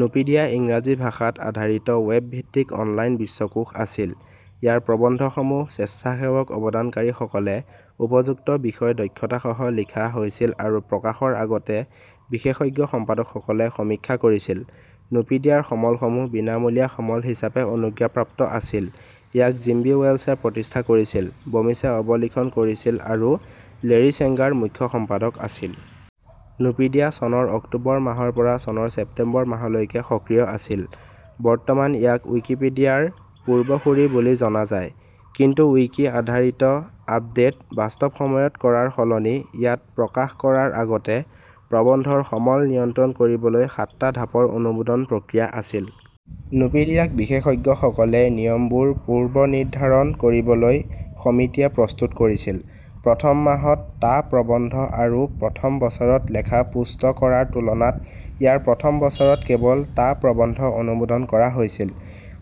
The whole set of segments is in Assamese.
নুপিডিয়া ইংৰাজী ভাষা ত আধাৰিত ৱেব-ভিত্তিক অনলাইন বিশ্বকোষ আছিল। ইয়াৰ প্ৰবন্ধসমূহ স্বেচ্ছাসেৱক অৱদানকাৰীসকলে উপযুক্ত বিষয় দক্ষতাসহ লিখা হৈছিল আৰু প্ৰকাশৰ আগতে বিশেষজ্ঞ সম্পাদকসকলে সমীক্ষা কৰিছিল। নুপিডিয়াৰ সমলসমূহ বিনামূলীয়া সমল হিচাপে অনুজ্ঞাপ্ৰাপ্ত আছিল। ইয়াক জিম্মী ৱেলছে প্ৰতিষ্ঠা কৰিছিল, বমিছে অবলিখন কৰিছিল আৰু লেৰী ছেংগাৰ মুখ্য সম্পাদক আছিল। নুপিডিয়া চনৰ অক্টোবৰ মাহৰ পৰা চনৰ ছেপ্টেম্বৰ মাহলৈকে সক্ৰিয় আছিল। বৰ্তমান ইয়াক ৱিকিপিডিয়া ৰ পূৰ্বসূৰী বুলি জনা যায়। কিন্তু ৱিকি -আধাৰিত আপডেট বাস্তৱ সময়ত কৰাৰ সলনি ইয়াত প্ৰকাশ কৰাৰ আগতে প্ৰবন্ধৰ সমল নিয়ন্ত্ৰণ কৰিবলৈ সাতটা ঢাপৰ অনুমোদন প্ৰক্ৰিয়া আছিল। নুপিডিয়াক বিশেষজ্ঞসকলে নিয়মবোৰ পূৰ্বনিৰ্ধাৰণ কৰিবলৈ সমিতিয়ে প্ৰস্তুত কৰিছিল। প্ৰথম মাহত টা প্ৰবন্ধ আৰু প্ৰথম বছৰত লেখা পোষ্ট কৰাৰ তুলনাত ইয়াৰ প্ৰথম বছৰত কেৱল টা প্ৰবন্ধ অনুমোদন কৰা হৈছিল।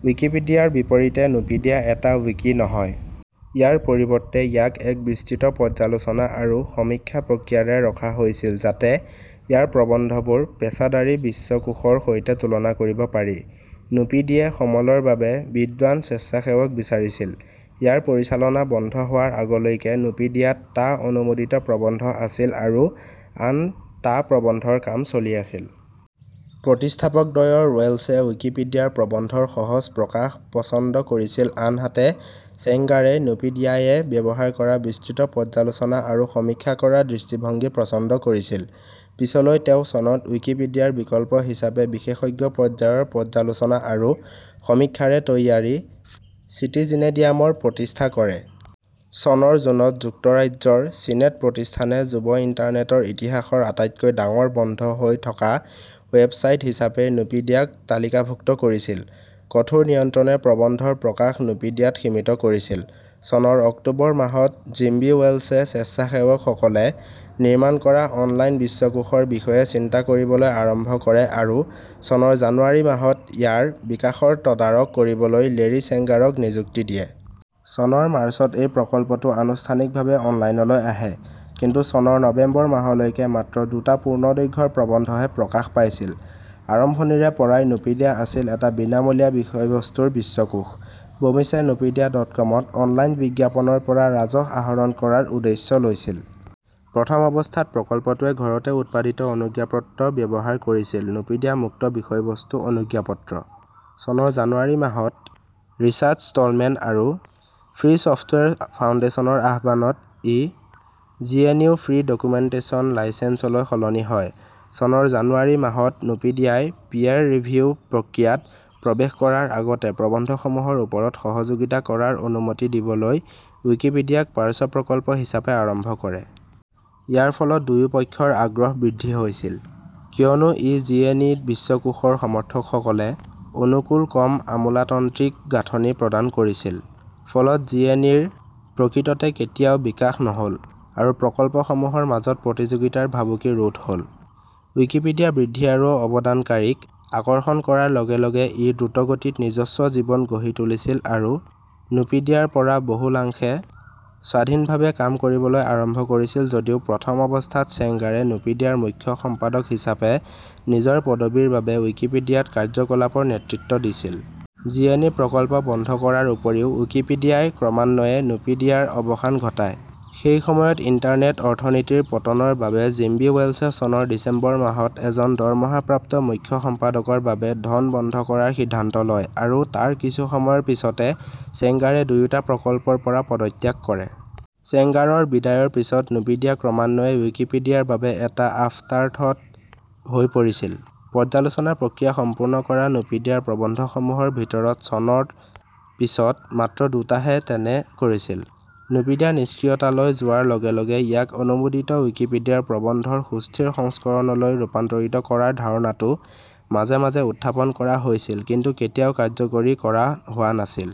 ৱিকিপিডিয়া ৰ বিপৰীতে নুপিডিয়া এটা ৱিকি নহয়। ইয়াৰ পৰিৱৰ্তে ইয়াক এক বিস্তৃত পৰ্যালোচনা আৰু সমীক্ষা প্ৰক্ৰিয়াৰে ৰখা হৈছিল যাতে ইয়াৰ প্ৰবন্ধবোৰ পেছাদাৰী বিশ্বকোষৰ সৈতে তুলনা কৰিব পাৰি। নুপিডিয়ে সমলৰ বাবে বিদ্বান স্বেচ্ছাসেৱক বিচাৰিছিল। ইয়াৰ পৰিচালনা বন্ধ হোৱাৰ আগলৈকে নুপিডিয়াত টা অনুমোদিত প্ৰবন্ধ আছিল আৰু আন টা প্ৰবন্ধৰ কাম চলি আছিল। প্ৰতিষ্ঠাপকদ্বয়ৰ ৱেলছে ৱিকিপিডিয়াৰ প্ৰবন্ধৰ সহজ প্ৰকাশ পছন্দ কৰিছিল আনহাতে ছেংগাৰে নুপিডিয়ায়ে ব্যৱহাৰ কৰা বিস্তৃত পৰ্যালোচনা আৰু সমীক্ষা কৰা দৃষ্টিভংগী পছন্দ কৰিছিল। পিছলৈ তেওঁ চনত ৱিকিপিডিয়াৰ বিকল্প হিচাপে বিশেষজ্ঞ-পৰ্যায়ৰ পৰ্যালোচনা আৰু সমীক্ষাৰে তৈয়াৰী 'চিটিজিনেডিয়াম'ৰ প্ৰতিষ্ঠা কৰে। চনৰ জুনত যুক্তৰাজ্য ৰ চিনেট প্ৰতিষ্ঠানে যুৱ ইণ্টাৰনেটৰ ইতিহাসৰ আটাইতকৈ ডাঙৰ বন্ধ হৈ থকা ৱেব ছাইট হিচাপে নুপিডিয়াক তালিকাভুক্ত কৰিছিল। কঠোৰ নিয়ন্ত্ৰণে প্ৰবন্ধৰ প্ৰকাশ নুপিডিয়াত সীমিত কৰিছিল। চনৰ অক্টোবৰ মাহত জিম্মী ৱেলছে স্বেচ্ছাসেৱকসকলে নিৰ্মাণ কৰা অনলাইন বিশ্বকোষৰ বিষয়ে চিন্তা কৰিবলৈ আৰম্ভ কৰে আৰু চনৰ জানুৱাৰী মাহত ইয়াৰ বিকাশৰ তদাৰক কৰিবলৈ লেৰী ছেংগাৰক নিযুক্তি দিয়ে। চনৰ মাৰ্চত এই প্ৰকল্পটো আনুষ্ঠানিকভাৱে অনলাইনলৈ আহে। কিন্তু চনৰ নৱেম্বৰ মাহলৈকে মাত্ৰ দুটা পূৰ্ণদৈৰ্ঘ্যৰ প্ৰবন্ধহে প্ৰকাশ পাইছিল। আৰম্ভণিৰে পৰাই নুপিডিয়া আছিল এটা বিনামূলীয়া বিষয়বস্তুৰ বিশ্বকোষ, বমিছে নুপিডিয়া ডট কমত অনলাইন বিজ্ঞাপনৰ পৰা ৰাজহ আহৰণ কৰাৰ উদ্দেশ্য লৈছিল। প্ৰথম অৱস্থাত প্ৰকল্পটোৱে ঘৰতে উৎপাদিত অনুজ্ঞাপত্ৰ ব্যৱহাৰ কৰিছিল, নুপিডিয়া মুক্ত বিষয়বস্তু অনুজ্ঞাপত্ৰ। চনৰ জানুৱাৰী মাহত ৰিচাৰ্ড ষ্টলমেন আৰু ফ্ৰী চফ্টৱেৰ ফাউণ্ডেশ্যনৰ আহ্বানত ই জিএনইউ ফ্ৰী ডকুমেণ্টেচন লাইচেন্সলৈ সলনি হয়। চনৰ জানুৱাৰী মাহত নুপিডিয়াই পিয়েৰ ৰিভিউ প্ৰক্ৰিয়াত প্ৰৱেশ কৰাৰ আগতে প্ৰবন্ধসমূহৰ ওপৰত সহযোগিতা কৰাৰ অনুমতি দিবলৈ ৱিকিপিডিয়াক পাৰ্শ্ব-প্ৰকল্প হিচাপে আৰম্ভ কৰে। ইয়াৰ ফলত দুয়োপক্ষৰ আগ্ৰহ বৃদ্ধি হৈছিল, কিয়নো ই জিএনই বিশ্বকোষৰ সমৰ্থকসকলে অনুকূল কম আমোলাতন্ত্ৰিক গাঁথনি প্ৰদান কৰিছিল। ফলত জিএনইৰ প্ৰকৃততে কেতিয়াও বিকাশ নহ'ল, আৰু প্ৰকল্পসমূহৰ মাজত প্ৰতিযোগিতাৰ ভাবুকি ৰোধ হ'ল। ৱিকিপিডিয়া বৃদ্ধি আৰু অৱদানকাৰীক আকৰ্ষণ কৰাৰ লগে লগে ই দ্ৰুতগতিত নিজস্ব জীৱন গঢ়ি তুলিছিল আৰু নুপিডিয়াৰ পৰা বহুলাংশে স্বাধীনভাৱে কাম কৰিবলৈ আৰম্ভ কৰিছিল যদিও প্ৰথম অৱস্থাত ছেংগাৰে নুপিডিয়াৰ মুখ্য সম্পাদক হিচাপে নিজৰ পদৱীৰ বাবে ৱিকিপিডিয়াত কাৰ্যকলাপৰ নেতৃত্ব দিছিল। জিএনই প্ৰকল্প বন্ধ কৰাৰ উপৰিও ৱিকিপিডিয়াই ক্ৰমান্বয়ে নুপিডিয়াৰ অৱসান ঘটায়। সেই সময়ত ইণ্টাৰনেট অৰ্থনীতিৰ পতনৰ বাবে জিম্মী ৱেলছে চনৰ ডিচেম্বৰ মাহত এজন দৰমহাপ্ৰাপ্ত মুখ্য সম্পাদকৰ বাবে ধন বন্ধ কৰাৰ সিদ্ধান্ত লয়, আৰু তাৰ কিছু সময়ৰ পিছতে ছেংগাৰে দুয়োটা প্ৰকল্পৰ পৰা পদত্যাগ কৰে। ছেংগাৰৰ বিদায়ৰ পিছত নুপিডিয়া ক্ৰমান্বয়ে ৱিকিপিডিয়াৰ বাবে এটা আফটাৰথ্থ হৈ পৰিছিল; পৰ্যালোচনা প্ৰক্ৰিয়া সম্পূৰ্ণ কৰা নুপিডিয়াৰ প্ৰবন্ধসমূহৰ ভিতৰত চনৰ পিছত মাত্ৰ দুটাহে তেনে কৰিছিল। নুপিডিয়া নিষ্ক্ৰিয়তালৈ যোৱাৰ লগে লগে ইয়াক অনুমোদিত ৱিকিপিডিয়াৰ প্ৰবন্ধৰ সুস্থিৰ সংস্কৰণলৈ ৰূপান্তৰিত কৰাৰ ধাৰণাটো মাজে মাজে উত্থাপন কৰা হৈছিল, কিন্তু কেতিয়াও কাৰ্যকৰী কৰা হোৱা নাছিল।